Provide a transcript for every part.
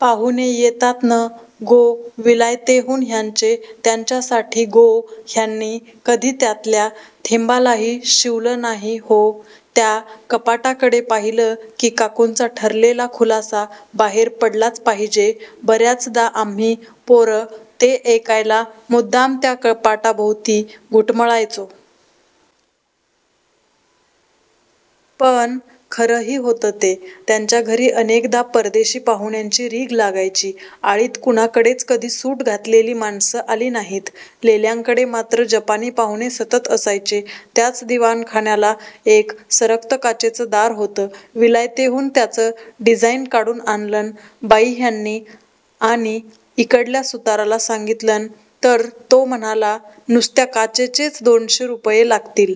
पाहुणे येतात नं गो विलायतेहून ह्यांचे, त्यांच्यासाठी गो. ह्यांनी कधी त्यातल्या थेंबालाही शिवलं नाही हो. त्या कपाटाकडे पाहिलं की काकूंचा ठरलेला खुलासा बाहेर पडलाच पाहिजे. बऱ्याचदा आम्ही पोरं ते ऐकायला मुद्दाम त्या कपाटाभोवती घुटमळायचो. पण खरंही होतं ते. त्यांच्या घरी अनेकदा परदेशी पाहुण्यांची रीघ लागायची. आळीत कुणाकडेच कधी सूट घातलेली माणसं आली नाहीत. लेल्यांकडे मात्र जपानी पाहुणे सतत असायचे. त्याच दिवाणखान्याला एक सरकतं काचेचं दार होतं. विलायतेहून त्याचं डिझाईन काढून आणलंन बाई ह्यांनी आणि इकडल्या सुताराला सांगितलन तर तो म्हणाला नुसत्या काचेचेच दोनशे रुपये लागतील.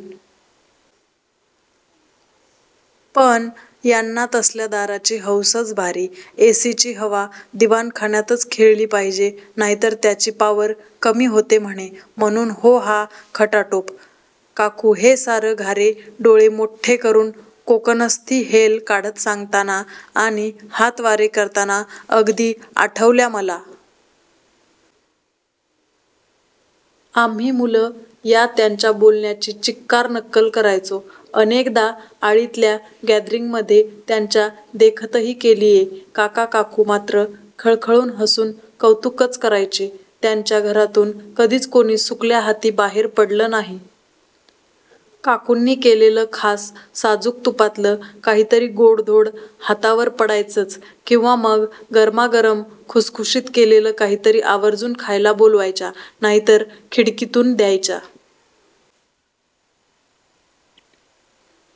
पण यांना तसल्या दाराची हौसच भारी. एसीची हवा दिवाणखान्यातच खेळली पाहिजे नाहीतर त्याची पावर कमी होते म्हणे, म्हणून हो हा खटाटोप. काकू हे सारं घारे डोळे मोठ्ठे करून कोकणस्थी हेल काढत सांगताना आणि हातवारे करताना अगदी आठवल्या मला. आम्ही मुलं या त्यांच्या बोलण्याची चिक्कार नक्कल करायचो. अनेकदा आळीतल्या गॅदरिंगमध्ये त्यांच्या देखतही केलीये. काका-काकू मात्र खळखळून हसून कौतुकच करायचे. त्यांच्या घरातून कधीच कोणी सुकल्या हाती बाहेर पडलं नाही. काकूंनी केलेलं खास साजूक तुपातलं काहीतरी गोडधोड हातावर पडायचंच किंवा मग गरमागरम, खुसखुशीत केलेलं काहीतरी आवर्जून खायला बोलवायच्या नाहीतर खिडकीतून द्यायच्या.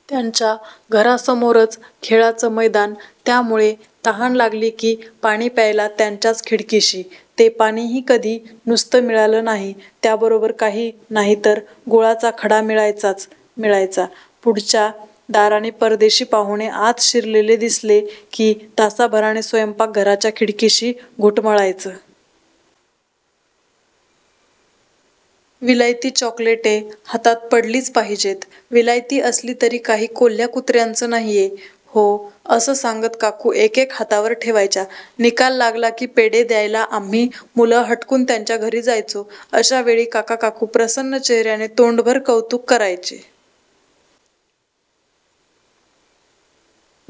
त्यांच्या घरासमोरच खेळाचं मैदान त्यामुळे तहान लागली की पाणी प्यायला त्यांच्याच खिडकीशी. ते पाणीही कधी नुसतं मिळालं नाही. त्याबरोबर काही नाही तर गुळाचा खडा मिळायचाच मिळायचा. पुढच्या दाराने परदेशी पाहुणे आत शिरलेले दिसले की तासाभराने स्वयंपाकघराच्या खिडकीशी घुटमळायचं. विलायती चॉकलेटे, हातात पडलीच पाहिजेत. विलायती असली तरी काही कोल्ह्या-कुत्र्याचं नाहीये हो असं सांगत काकू एकेक हातावर ठेवायच्या. निकाल लागला की पेढे द्यायला आम्ही मुलं हटकून त्यांच्या घरी जायचो. अशावेळी काका-काकू प्रसन्न चेहऱ्याने तोंडभर कौतुक करायचे.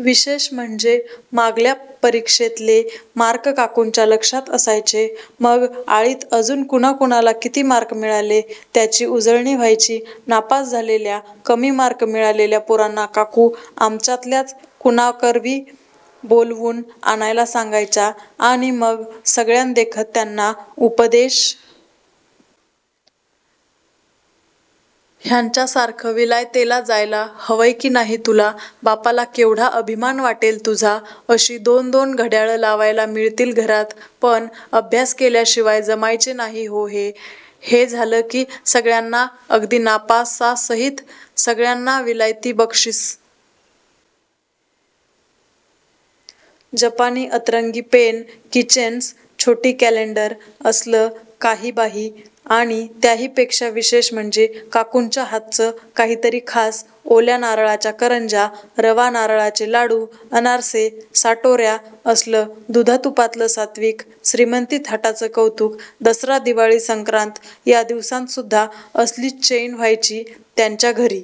विशेष म्हणजे मागल्या परीक्षेतले मार्क काकूंच्या लक्षात असायचे. मग आळीत अजून कुणा-कुणाला किती मार्क मिळाले त्याची उजळणी व्हायची. नापास झालेल्या, कमी मार्क मिळालेल्या पोरांना काकू आमच्यातल्याच कुणाकरवी बोलवून आणायला सांगायच्या आणि मग सगळ्यांदेखत त्यांना उपदेश. ह्यांच्यासारखं विलायतेला जायला हवंय की नाही तुला? बापाला केवढा अभिमान वाटेल तुझा? अशी दोन दोन घड्याळं लावायला मिळतील घरात पण अभ्यास केल्याशिवाय जमायचे नाही हो हे. हे झालं की सगळ्यांना अगदी नापासासहीत सगळ्यांना विलायती बक्षीस. जपानी अतरंगी पेनं, किचेन्स, छोटी कॅलेंडरं असलं काही-बाही आणि त्याहीपेक्षा विशेष म्हणजे काकूंच्या हातचं काहीतरी खास. ओल्या नारळाच्या करंज्या, रवा नारळाचे लाडू, अनारसे, साटोऱ्या असलं दुधा-तुपातलं सात्त्विक श्रीमंती थाटाचं कौतुक. दसरा, दिवाळी, संक्रांत या दिवसांतसुद्धा असलीच चैन व्हायची त्यांच्या घरी.